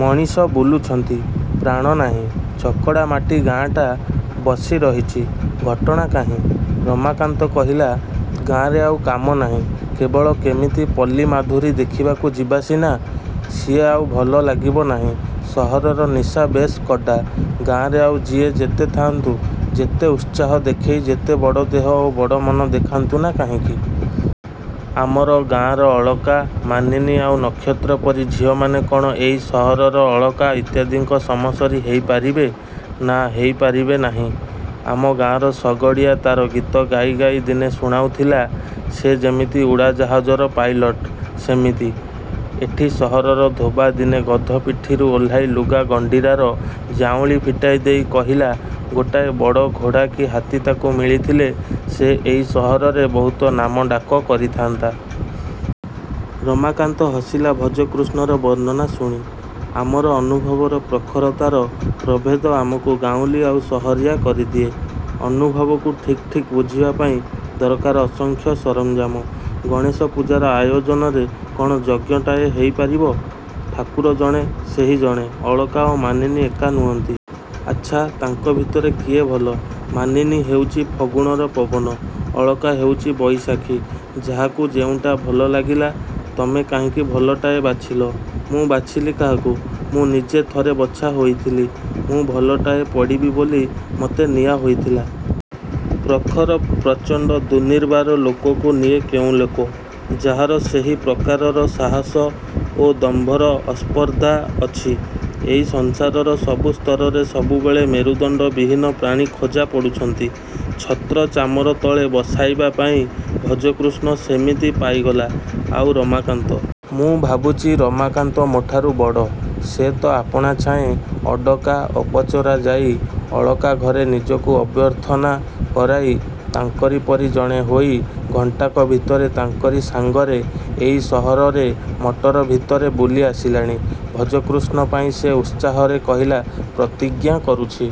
ମଣିଷ ବୁଲୁଛନ୍ତି-ପ୍ରାଣ ନାହିଁ। ଚକଡ଼ା ମାଡ଼ି ଗାଁଆଟା ବସି ରହିଛି-ଘଟଣା କାହିଁ? ରମାକାନ୍ତ କହିଲା। -ଗାଁରେ ଆଉ କାମ ନାହିଁ। କେବଳ କେମିତି ପଲ୍ଲୀ ମାଧୁରୀ ଦେଖିବାକୁ ଯିବା ସିନା। ସିଏ ଆଉ ଭଲ ଲାଗିବ ନାହିଁ। ସହରର ନିଶା ବେଶ୍ କଡ଼୍ଡ଼ା। ଗାଁରେ ଆଉ ଯିଏ ଯେତେ ଥାଆନ୍ତୁ-ଯେତେ ଉତ୍ସାହ ଦେଖାଇ ଯେତେ ବଡ଼ ଦେହ ଓ ବଡ଼ ମନ ଦେଖାନ୍ତୁ ନା କାହିଁକି? -ଆମର ଗାଁର ଅଳକା, ମାନିନୀ ଆଉ ନକ୍ଷତ୍ର ପରି ଝିଅମାନେ କ'ଣ ଏଇ ସହରର ଅଳକା ଇତ୍ୟାଦିଙ୍କ ସମସରି ହେଇପାରିବେ? -ନା, ହେଇ ପାରିବେ ନାହିଁ। ଆମ ଗାଁର ଶଗଡ଼ିଆ ତାର ଗୀତ ଗାଇ ଗାଇ ଦିନେ ଶୁଣାଉଥିଲା ସେ ଯେମିତି-ଉଡ଼ାଜାହାଜର ପାଇଲଟ୍ ସେମିତି। ଏଠି ସହରର ଧୋବା ଦିନେ ଗଧ ପିଠିରୁ ଓହ୍ଲାଇ ଲୁଗା ଗଣ୍ଡିରାର ଜାଉଁଳି ଫିଟାଇ ଦେଇ କହିଲା-ଗୋଟାଏ ବଡ଼ ଘୋଡ଼ା କି ହାତୀ ତାକୁ ମିଳିଥିଲେ ସେ ଏଇ ସହରରେ ବହୁତ ନାମ ଡାକ କରିଥାନ୍ତା। ରମାକାନ୍ତ ହସିଲା ଭଜକୃଷ୍ଣର ବର୍ଣ୍ଣନା ଶୁଣି। -ଆମର ଅନୁଭବର ପ୍ରଖରତାର ପ୍ରଭେଦ ଆମକୁ ଗାଉଁଲି ଆଉ ସହରିଆ କରିଦିଏ। ଅନୁଭବକୁ ଠିକ୍ ଠିକ୍ ବୁଝିବା ପାଇଁ ଦରକାର ଅସଂଖ୍ୟ ସରଞ୍ଜାମ। ଗଣେଶ ପୂଜାର ଆୟୋଜନରେ କ'ଣ ଯଜ୍ଞଟାଏ ହୋଇପାରିବ? ଠାକୁର ଜଣେ-ସେହି ଜଣେ। ଅଳକା ଓ ମାନିନୀ ଏକା ନୁହନ୍ତି। -ଆଚ୍ଛା, ତାଙ୍କ ଭିତରେ କିଏ ଭଲ? -ମାନିନୀ ହେଉଛି ଫଗୁଣର ପବନ। ଅଳକା ହେଉଛି ବଇଶାଖି। ଯାହାକୁ ଯେଉଁଟା ଭଲ ଲାଗିଲା। -ତମେ କାହିଁକି ଭଲଟାଏ ବାଛିଲ? -ମୁଁ ବାଛିଲି କାହାକୁ? ମୁଁ ନିଜେ ଥରେ ବଛା ହୋଇଥିଲି। ମୁଁ ଭଲଟାଏ ପଡ଼ିବି ବୋଲି ମତେ ନିଆ ହୋଇଥିଲା। ପ୍ରଖର, ପ୍ରଚଣ୍ଡ, ଦୁନିର୍ବାର ଲୋକକୁ ନିଏ କେଉଁ ଲୋକ? -ଯାହାର ସେହି ପ୍ରକାରର ସାହସ ଓ ଦମ୍ଭର ଅସ୍ପର୍ଦ୍ଧା ଅଛି। ଏଇ ସଂସାରର ସବୁ ସ୍ତରରେ ସବୁବେଳେ ମେରୁଦଣ୍ଡ-ବିହୀନ ପ୍ରାଣୀ ଖୋଜା ପଡ଼ୁଛନ୍ତି ଛତ୍ର ଚାମର ତଳେ ବସାଇବା ପାଇଁ। ଭଜକୃଷ୍ଣ ସେମିତି ପାଇଗଲା। -ଆଉ ରମାକାନ୍ତ? -ମୁଁ ଭାବୁଛି ରମାକାନ୍ତ ମୋଠାରୁ ବଡ଼। ସେ ତ ଆପାଣାଛାଏଁ ଅଡ଼କା ଅପଚରା ଯାଇ ଅଳକା ଘରେ ନିଜକୁ ଅଭ୍ୟର୍ଥନା କରାଇ ତାଙ୍କରି ପରି ଜଣେ ହୋଇ ଘଣ୍ଟାକ ଭିତରେ ତାଙ୍କରି ସାଙ୍ଗରେ ଏଇ ସହରରେ ମଟର ଭିତରେ ବୁଲି ଆସିଲାଣି। ଭଜକୃଷ୍ଣ ପାଇଁ ସେ ଉତ୍ସାହରେ କହିଲା-ପ୍ରତିଜ୍ଞା କରୁଛି।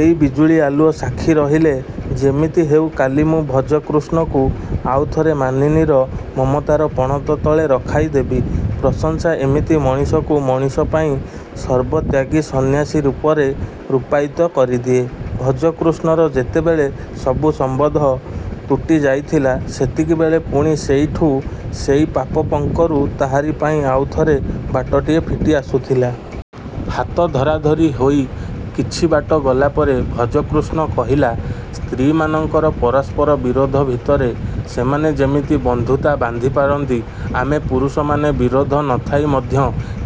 ଏଇ ବିଜୁଳି ଆଲୁଅ ସାକ୍ଷୀ ରହିଲେ-ଯେମିତି ହେଉ କାଲି ମୁଁ ଭଜକୃଷ୍ଣକୁ ଆଉ ଥରେ ମାନିନୀର ମମତାର ପଣତ ତଳେ ରଖାଇଦେବି। ପ୍ରଶଂସା ଏମିତି ମଣିଷକୁ ମଣିଷ ପାଇଁ ସର୍ବତ୍ୟାଗୀ ସନ୍ନ୍ୟାସୀ ରୂପରେ ରୂପାୟିତ କରିଦିଏ। ଭଜକୃଷ୍ଣର ଯେତେବେଳେ ସବୁ ସମ୍ୱନ୍ଧ ତୁଟି ଯାଇଥିଲା ସେତିକିବେଳେ ପୁଣି ସେଇଠୁ ସେଇ ପାପପଙ୍କରୁ ତାହାରି ପାଇଁ ଆଉଥରେ ବାଟଟିଏ ଫିଟି ଆସୁଥିଲା। ହାତ ଧରାଧରି ହୋଇ କିଛି ବାଟ ଗଲା ପରେ ଭଜକୃଷ୍ଣ କହିଲା ସ୍ତ୍ରୀମାନଙ୍କର ପରସ୍ପର ବିରୋଧ ଭିତରେ ସେମାନେ ଯେମିତି ବନ୍ଧୁତା ବାନ୍ଧି ପାରନ୍ତି ଆମେ ପୁରୁଷମାନେ ବିରୋଧ ନ ଥାଇ ମଧ୍ୟ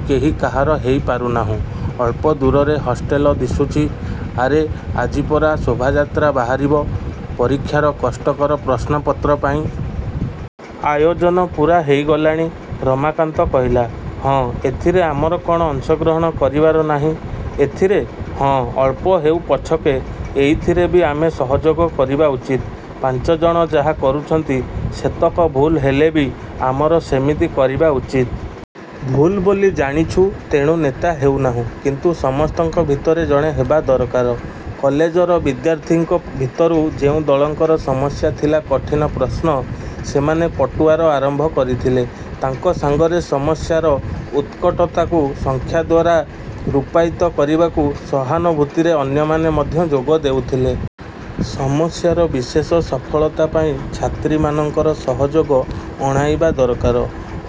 କେହି କାହାର ହେଇ ପାରୁନାହୁଁ। ଅଳ୍ପ ଦୂରରେ ହଷ୍ଟେଲ ଦିଶୁଛି। -ଆରେ ଆଜି ପରା ଶୋଭାଯାତ୍ରା ବାହାରିବ ପରୀକ୍ଷାର କଷ୍ଟକର ପ୍ରଶ୍ନପତ୍ର ପାଇଁ? ଆୟୋଜନ ପୂରା ହେଇଗଲାଣି-ରମାକାନ୍ତ କହିଲା। -ହଁ। -ଏଥିରେ ଆମର କ'ଣ ଅଂଶ ଗ୍ରହଣ କରିବାର ନାହିଁ? -ଏଥିରେ? -ହଁ, ଅଳ୍ପ ହେଉ ପଛକେ ଏଇଥିରେ ବି ଆମେ ସହଯୋଗ କରିବା ଉଚିତ୍। ପାଞ୍ଚଜଣ ଯାହା କରୁଛନ୍ତି ସେତକ ଭୁଲ୍ ହେଲେ ବି ଆମର ସେମିତି କରିବା ଉଚିତ୍। ଭୁଲ୍ ବୋଲି ଜାଣିଛୁ ତେଣୁ ନେତା ହେଉ ନାହୁଁ। କିନ୍ତୁ ସମସ୍ତଙ୍କ ଭିତରେ ଜଣେ ହେବା ଦରକାର। କଲେଜର ବିଦ୍ୟାର୍ଥୀଙ୍କ ଭିତରୁ ଯେଉଁ ଦଳଙ୍କର ସମସ୍ୟା ଥିଲା କଠିନ ପ୍ରଶ୍ନ-ସେମାନେ ପଟୁଆର ଆରମ୍ଭ କରୁଥିଲେ। ତାଙ୍କ ସାଙ୍ଗରେ ସମସ୍ୟାର ଉତ୍କଟତାକୁ ସଂଖ୍ୟା ଦ୍ୱାରା ରୂପାୟିତ କରିବାକୁ ସହାନୁଭୂତିରେ ଅନ୍ୟମାନେ ମଧ୍ୟ ଯୋଗ ଦେଉଥିଲେ। ସମସ୍ୟାର ବିଶେଷ ସଫଳତା ପାଇଁ ଛାତ୍ରୀମାନଙ୍କର ସହଯୋଗ ଅଣାଇବା ଦରକାର।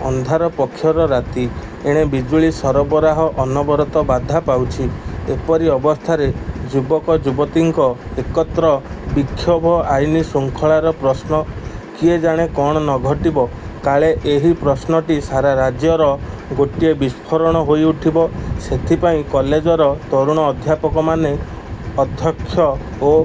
ଅନ୍ଧାର ପକ୍ଷର ରାତି। ଏଣେ ବିଜୁଳି ସରବରାହ ଅନବରତ ବାଧା ପାଉଛି। ଏପରି ଅବସ୍ଥାରେ ଯୁବକ ଯୁବତୀଙ୍କ -ଏକତ୍ର ବିକ୍ଷୋଭ ଆଇନ ଶୃଙ୍ଗଳାର ପ୍ରଶ୍ନ। କିଏ ଜାଣେ କ'ଣ ନ ଘଟିବ? କାଳେ ଏହି ପ୍ରଶ୍ନଟି ସାରା ରାଜ୍ୟର ଗୋଟିଏ ବିସ୍ଫୋରଣ ହୋଇ ଉଠିବ ସେଥିପାଇଁ କଲେଜର ତରୁଣ ଅଧ୍ୟାପକମାନେ, ଅଧ୍ୟକ୍ଷ ଓ।